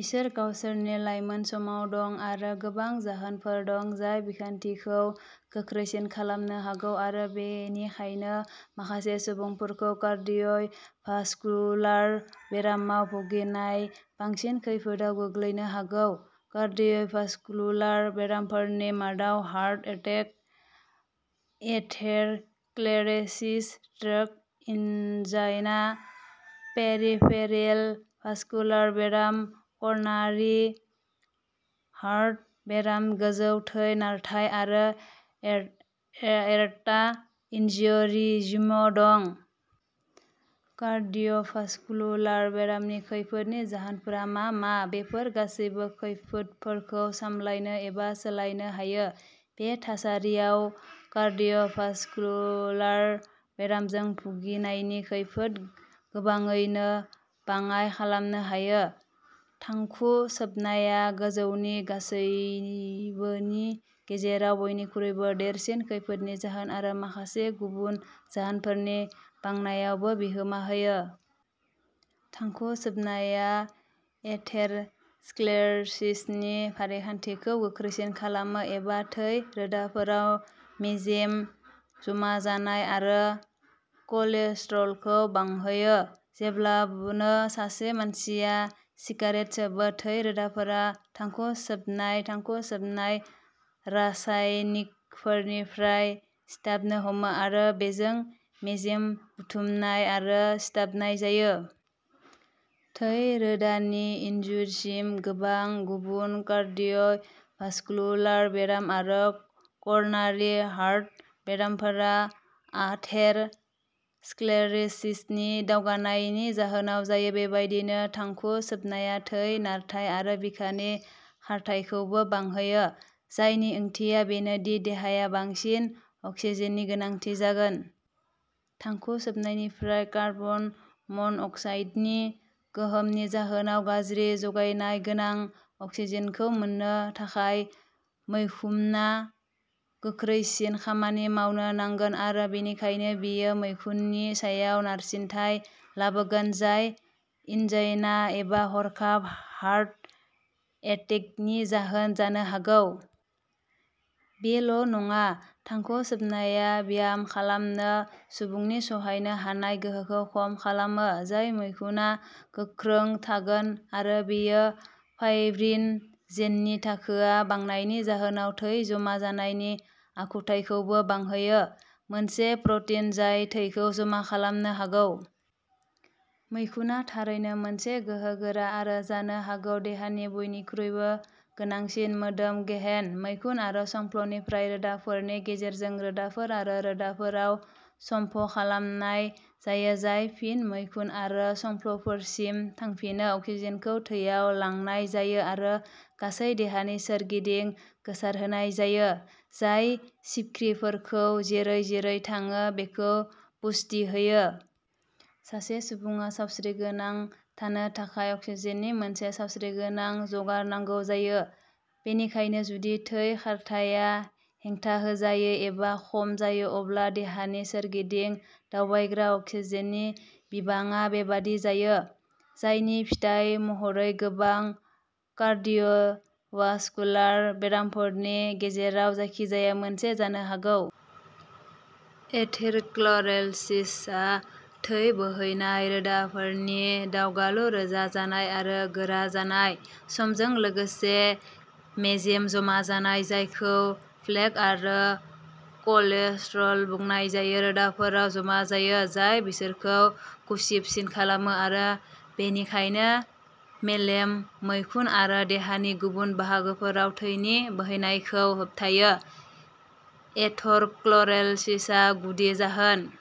बिसोर गावसोरनि लायमोन समाव दं आरो गोबां जाहोनफोर दं जाय बिखान्थिखौ गोख्रैसिन खालामनो हागौ आरो बेनिखायनो माखासे सुबुंफोरखौ कार्डिय'भास्कुलार बेरामाव भुगिनाय बांसिन खैफोदाव गोग्लैनो हागौ। कार्डिय'भास्कुलार बेरामफोरनि मादाव heart attack, atherosclerosis, stroke, angina, peripheral vascular बेराम, करनारि हार्ट बेराम, गोजौ थै नारथाय आरो एर एर्टा एन्युरिज्म' दं। कार्डिय'भास्कुलार बेरामनि खैफोदनि जाहोनफोरा मा मा? बेफोर गासैबो खैफोदफोरखौ सामलायनो एबा सोलायनो हायो, बे थासारियाव कार्डिय'भास्कुलार बेरामजों भुगिनायनि खैफोद गोबाङैनो बाङाय खालामनो हायो। थांखु सोबनाया गोजौनि गासैबोनि गेजेराव बयनिख्रुइबो देरसिन खैफोदनि जाहोन आरो माखासे गुबुन जाहोनफोरनि बांनायावबो बिहोमा होयो। थांखु सोबनाया एथेर स्क्लेरसिसनि फारिखान्थिखौ गोख्रैसिन खालामो, एबा थै रोदाफोराव मेजेम जमा जानाय आरो कलेस्ट्रलखौ बांहोयो। जेब्लानो सासे मानसिया सिगारेट सोबो, थै रोदाफोरा थांखु सोबनाय थांखु सोबनाय रासायनिकफोरनिफ्राय सिथाबनो हमो आरो बेजों मेजेम बुथुमनाय आरो सिथाबनाय जायो। थै रोदानि इन्जुरसिम। गोबां गुबुन कार्डिय'भास्कुलार बेराम आरो करनारि हार्ट बेरामफोरा आथेर स्क्लेरेसिसनि दावगानायनि जाहोनाव जायो। बेबायदिनो थांखु सोबनाया थै नारथाय आरो बिखानि खारथाइखौबो बांहोयो जायनि ओंथिया बेनोदि देहाया बांसिन अक्सिजेननि गोनांथि जागोन। थांखु सोबनायनिफ्राय कार्बन मन अक्साइडनि गोहोमनि जाहोनाव गाज्रि जगायनाय गोनां अक्सिजेनखौ मोननो थाखाय मैखुना गोख्रैसिन खामानि मावनो नांगोन आरो बेनिखायनो बेयो मैखुननि सायाव नारसिनथाय लाबोगोन, जाय एन्जाइना एबा हरखाब हार्ट एटेकनि जाहोन जानो हागौ। बेल' नङा, थांखु सोबनाया ब्याम खालामनो सुबुंनि सहायनो हानाय गोहोखौ खम खालामो, जाय मैखुना गोख्रों थागोन आरो बेयो फाइब्रिन" जेननि थाखोआ बांनायनि जाहोनाव थै जमा जानायनि आखुथायखौबो बांहोयो, मोनसे प्रटिन जाय थैखौ जमा खालामनो हागौ। मैखुना थारैनो मोनसे गोहोगोरा आरो जानो हागौ देहानि बयनिख्रुइबो गोनांसिन मोदोम गेहेन। मैखुन आरो संफ्लनिफ्राय रोदाफोरनि गेजेरजों रोदाफोर आरो रोदाफोर आव सम्प' खालामनाय जायो, जाय फिन मैखुन आरो संफ्लफोरसिम थांफिनो। अक्सिजेनखौ थैयाव लांनाय जायो आरो गासै देहानि सोरगिदिं गोसारहोनाय जायो, जाय जिबख्रिफोरखौ जेरै-जेरै थाङो बेखौ पुष्टि होयो। सासे सुबुङा सावस्रिगोनां थानो थाखाय अक्सिजेननि मोनसे सावस्रिगोनां जगार नांगौ जायो। बेनिखायनो जुदि थै खारथाया हेंथाहोजायो एबा खम जायो, अब्ला देहानि सोरगिदिं दावबायग्रा अक्सिजेननि बिबाङा बेबादि जायो, जायनि फिथाय महरै गोबां कार्डिय'वास्कुलार बेरामफोरनि गेजेराव जायखिजाया मोनसे जानो हागौ। एथेर क्लरेरसिसआ थै बोहैनाय रोदाफोरनि दावगालु रोजा जानाय आरो गोरा जानाय। समजों लोगोसे, मेजेम जमा जानाय, जायखौ प्लेक आरो कलेस्ट्रल बुंनाय जायो, रोदाफोराव जमा जायो, जाय बिसोरखौ गुसेबसिन खालामो आरो बेनिखायनो मेलेम, मैखुन आरो देहानि गुबुन बाहागोफोराव थैनि बोहैनायखौ होबथायो। एथेर क्लर'सिसआ गुदि जाहोन।